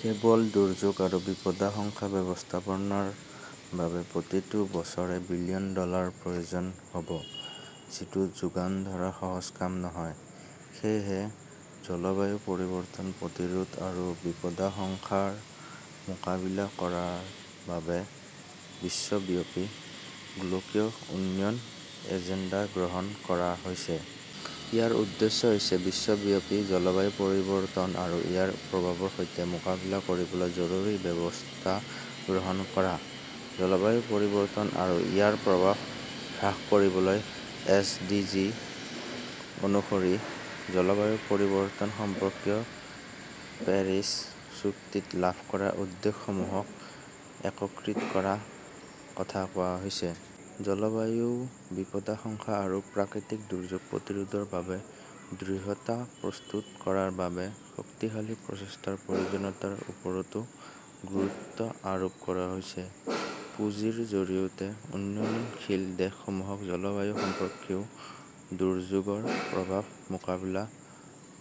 কেৱল দুৰ্যোগ আৰু বিপদাশংকা ব্যৱস্থাপনাৰ বাবেই প্ৰতি বছৰে বিলিয়ন ডলাৰৰ প্ৰয়োজন হ’ব, যিটো যোগান ধৰা সহজ কাম নহয়। সেয়েহে জলবায়ু পৰিৱৰ্তন প্ৰতিৰোধ আৰু বিপদাশংকাৰ মোকাবিলা কৰাৰ বাবে বিশ্বব্যাপী ‘গোলকীয় উন্নয়ন এজেণ্ডা’ গ্ৰহণ কৰা হৈছে। ইয়াৰ উদ্দেশ্য হৈছে বিশ্বব্যাপী জলবায়ু পৰিৱৰ্তন আৰু ইয়াৰ প্ৰভাৱৰ সৈতে মোকাবিলা কৰিবলৈ জৰুৰী ব্যৱস্থা গ্ৰহণ কৰা। জলবায়ু পৰিৱৰ্তন আৰু ইয়াৰ প্ৰভাৱ হ্ৰাস কৰিবলৈ এছডিজি অনুসৰি জলবায়ু পৰিৱৰ্তন সম্পৰ্কীয় পেৰিছ চুক্তিত লাভ কৰা উদ্যোগসমূহক একত্ৰিত কৰাৰ কথা কোৱা হৈছে। জলবায়ু বিপদাশংকা আৰু প্ৰাকৃতিক দুৰ্যোগ প্ৰতিৰোধৰ বাবে দৃঢ়তা প্ৰস্তুত কৰাৰ বাবে শক্তিশালী প্ৰচেষ্টাৰ প্ৰয়োজনীয়তাৰ ওপৰতো গুৰুত্ব আৰোপ কৰা হৈছে। পুঁজিৰ জৰিয়তে উন্নয়নশীল দেশসমূহক জলবায়ু সম্পৰ্কীয় দুৰ্যোগৰ প্ৰভাৱ মোকাবিলা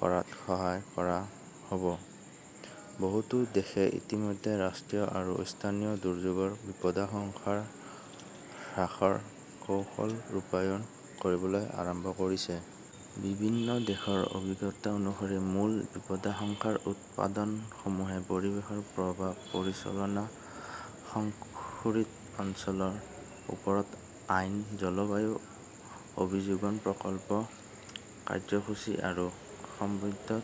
কৰাত সহায় কৰা হ’ব। বহুতো দেশে ইতিমধ্যে ৰাষ্ট্ৰীয় আৰু স্থানীয় দুৰ্যোগৰ বিপদাশংকা হ্ৰাসৰ কৌশল ৰূপায়ণ কৰিবলৈ আৰম্ভ কৰিছে। বিভিন্ন দেশৰ অভিজ্ঞতা অনুসৰি মূল বিপদাশংকাৰ উপাদানসমূহে পৰিৱেশৰ প্ৰভাৱ পৰ্যালোচনা, সংৰক্ষিত অঞ্চলৰ ওপৰত আইন, জলবায়ু অভিযোজন প্ৰকল্প, কাৰ্যসূচী আৰু সমন্বিত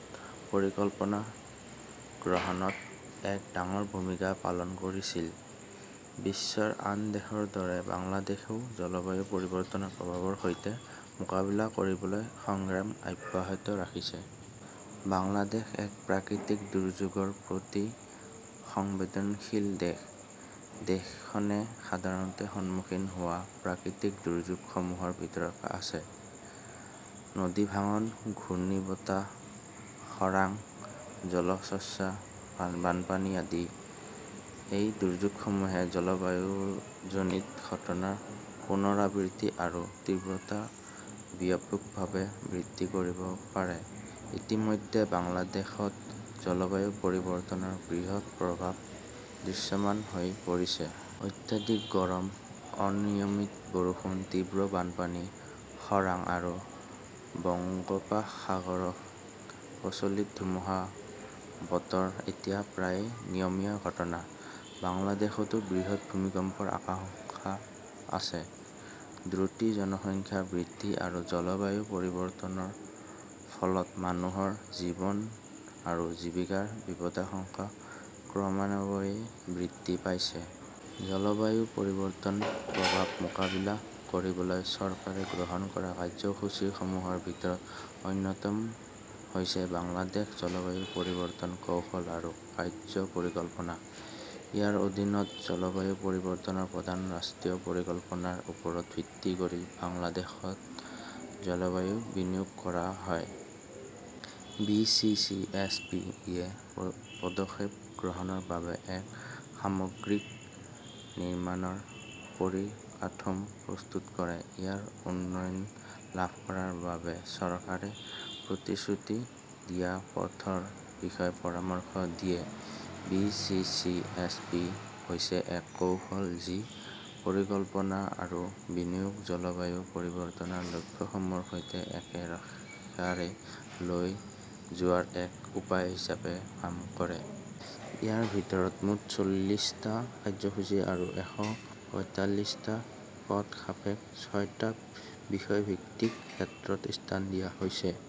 পৰিকল্পনা গ্ৰহণত এক ডাঙৰ ভূমিকা পালন কৰিছিল। বিশ্বৰ আন দেশৰ দৰে বাংলাদেশেও জলবায়ু পৰিৱৰ্তনৰ প্ৰভাৱৰ সৈতে মোকাবিলা কৰিবলৈ সংগ্ৰাম অব্যাহত ৰাখিছে। বাংলাদেশ এক প্ৰাকৃতিক দুৰ্যোগৰ প্ৰতি সংবেদনশীল দেশ। দেশখনে সাধাৰণতে সন্মুখীন হোৱা প্ৰাকৃতিক দুৰ্যোগসমূহৰ ভিতৰত আছে নদীভাঙন, ঘূৰ্ণীবতাহ, খৰাং, জলোচ্ছ্বাস, বানপানী আদি। এই দুৰ্যোগসমূহে জলবায়ুজনিত ঘটনাৰ পুনৰাবৃত্তি আৰু তীব্ৰতা ব্যাপকভাৱে বৃদ্ধি কৰিব পাৰে। ইতিমধ্যে বাংলাদেশত জলবায়ু পৰিৱৰ্তনৰ বৃহৎ প্ৰভাৱ দৃশ্যমান হৈ পৰিছে। অত্যধিক গৰম, অনিয়মিত বৰষুণ, তীব্ৰ বানপানী, খৰাং আৰু বংগোপসাগৰত প্ৰচলিত ধুমুহাৰ বতৰ এতিয়া প্ৰায়ে নিয়মীয়া ঘটনা। বাংলাদেশতো বৃহৎ ভূমিকম্পৰ আশংকা আছে। দ্ৰুত জনসংখ্যা বৃদ্ধি আৰু জলবায়ু পৰিৱৰ্তনৰ ফলত মানুহৰ জীৱন আৰু জীৱিকাৰ বিপদাশংকা ক্ৰমান্বয়ে বৃদ্ধি পাইছে। জলবায়ু পৰিৱৰ্তনৰ প্ৰভাৱ মোকাবিলা কৰিবলৈ চৰকাৰে গ্ৰহণ কৰা কাৰ্যসূচীসমূহৰ ভিতৰত অন্যতম হৈছে ‘বাংলাদেশ জলবায়ু পৰিৱৰ্তন কৌশল আৰু কাৰ্য্য পৰিকল্পনা’। ইয়াৰ অধীনত জলবায়ু পৰিৱৰ্তনৰ প্ৰধান ৰাষ্ট্ৰীয় পৰিকল্পনাৰ ওপৰত ভিত্তি কৰি বাংলাদেশত জলবায়ু বিনিয়োগ কৰা হয়। বি.চি.চি.এছ.পি.-য়ে পদক্ষেপ গ্ৰহণৰ বাবে এক সামগ্ৰিক নিৰ্মাণৰ পৰিকাঠামো প্ৰস্তুত কৰে আৰু উন্নয়ন লাভ কৰাৰ বাবে চৰকাৰে প্ৰতিশ্ৰুতি দিয়া পথৰ বিষয়ে পৰামৰ্শ দিয়ে। বি.চি.চি.এছ.পি. হৈছে এক কৌশল, যি পৰিকল্পনা আৰু বিনিয়োগক জলবায়ু পৰিৱৰ্তনৰ লক্ষ্যসমূহৰ সৈতে একে ৰেখাৰে লৈ যোৱাৰ এক উপায় হিচাপে কাম কৰে। ইয়াৰ ভিতৰত মুঠ চৌচল্লিশটা কাৰ্যসূচী আৰু এশ পঁয়তাল্লিশটা পদক্ষেপক ছটা বিষয়ভিত্তিক ক্ষেত্ৰত স্থান দিয়া হৈছে।